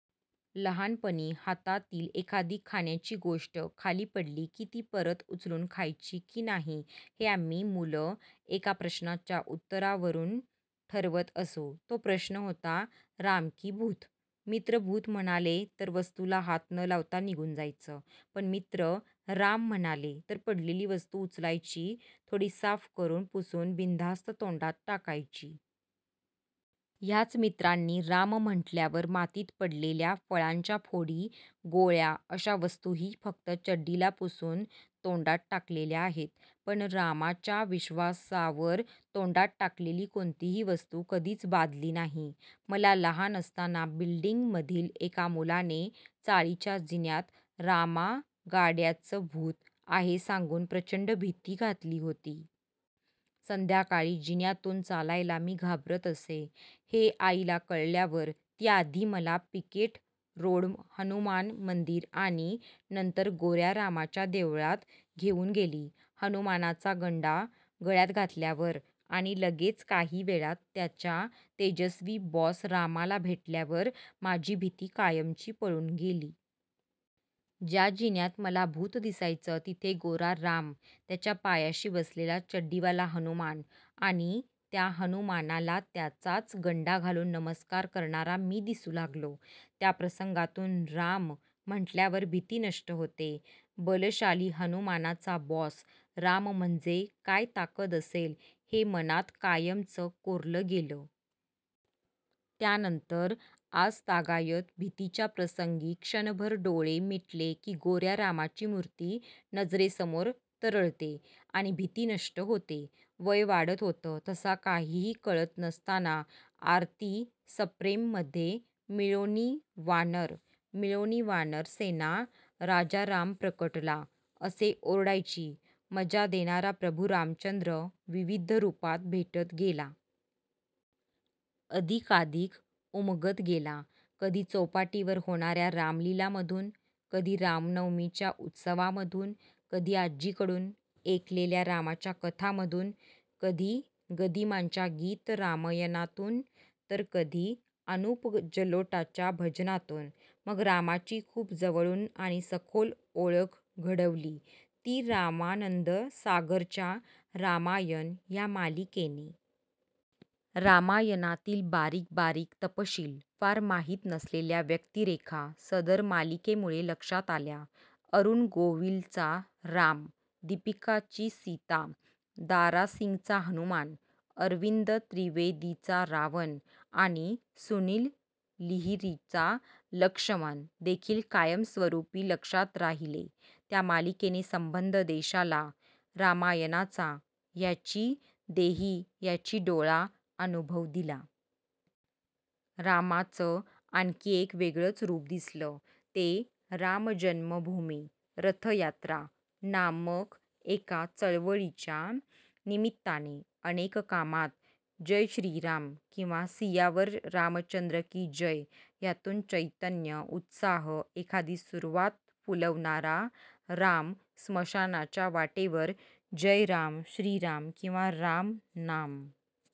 लहानपणी हातातील एखादी खाण्याची गोष्ट खाली पडली की ती परत उचलून खायची की नाही हे आम्ही मुल एका प्रश्नाच्या उत्तरावरून ठरवत असू. तो प्रश्न होता "राम की भूत? " मित्र भूत म्हणाले तर वस्तूला हात न लावता निघून जायचं पण मित्र राम म्हणाले तर पडलेली वस्तू उचलायची, थोडी साफ करून, पुसून बिनधास्त तोंडात टाकायची. ह्यात मित्रांनी राम म्हटल्यावर मातीत पडलेल्या फळांच्या फोडी, गोळ्या अश्या वस्तूही फक्त चड्डीला पुसून तोंडात टाकलेल्या आहेत. पण रामाच्या विश्वासावर तोंडात टाकलेली कोणतीही वस्तू कधीच बाधली नाही! मला लहान असताना बिल्डिंग मधील एका मुलाने चाळीच्या जिन्यात रामा गाड्याच भूत आहे सांगून प्रचंड भीती घातली होती. संध्याकाळी जिन्यातून चालायला मी घाबरत असे. हे आईला कळल्यावर ती आधी मला पिकेट रोड हनुमान मंदिर आणि नंतर गोऱ्या रामाच्या देवळात घेऊन गेली. हनुमानाचा गंडा गळ्यात घातल्यावर आणि लगेच काही वेळात त्याच्या तेजस्वी बॉस रामाला भेटल्यावर माझी भीती कायमची पळून गेली. ज्या जिन्यात मला भूत दिसायचं तिथे गोरा राम, त्याच्या पायाशी बसलेला चड्डीवाला हनुमान आणि त्या हनुमानाला त्याचाच गंडा घालून नमस्कार करणारा मी दिसू लागलो. त्या प्रसंगातून राम म्हटल्यावर भीती नष्ट होते, बलशाली हनुमानाचा बॉस राम म्हणजे काय ताकद असेल हे मनात कायमच कोरल गेलं. त्यानंतर आजतागायत भीतीच्या प्रसंगी क्षणभर डोळे मिटले की गोऱ्या रामाची मूर्ती नजरेसमोर तरळते आणि भीती नष्ट होते! वय वाढत होतं तसा काहीही कळत नसताना आरती सप्रेम मध्ये "मिळोनि वानर ….,मिळोनि वानर सेना राजा राम प्रकटला" असे ओरडायची मजा देणारा प्रभू रामचंद्र विविध रुपात भेटत गेला. अधिकाधिक उमगत गेला. कधी चौपाटीवर होणाऱ्या रामलीला मधून, कधी रामनवमीच्या उत्सवामधून, कधी आजीकडून ऐकलेल्या रामाच्या कथांमधून, कधी गदिमांच्या गीत रामायणातून, तर कधी अनुप जलोटाच्या भजनातून. मग रामाची खूप जवळून आणि सखोल ओळख घडवली ती रामानंद सागरच्या रामायण ह्या मालिकेने. रामायणातील बारीक बारीक तपशील, फार माहीत नसलेल्या व्यक्तीतरेखा सदर मालिकेमुळे लक्षात आल्या. अरुण गोविलचा राम, दीपिका ची सीता, दारासिंगचा हनुमान, अरविंद त्रिवेदीचा रावण आणि सुनील लाहीरीचा लक्ष्मण देखील कायम स्वरूपी लक्षात राहिले! त्या मालिकेने संबंध देशाला रामायणाचा ह्याची देही ह्याची डोळा अनुभव दिला. रामाच आणखी एक वेगळंच रूप दिसलं ते रामजन्मभूमी, रथयात्रा नामक एका चळवळीच्या निमित्ताने. अनेक कामात "जय श्री राम" किंवा "सियावर रामचंद्र की जय" ह्यातून चैतन्य, उत्साह, एखादी सुरुवात फुलवणारा राम स्मशानाच्या वाटेवर "जय राम… श्री राम" किंवा "राम नाम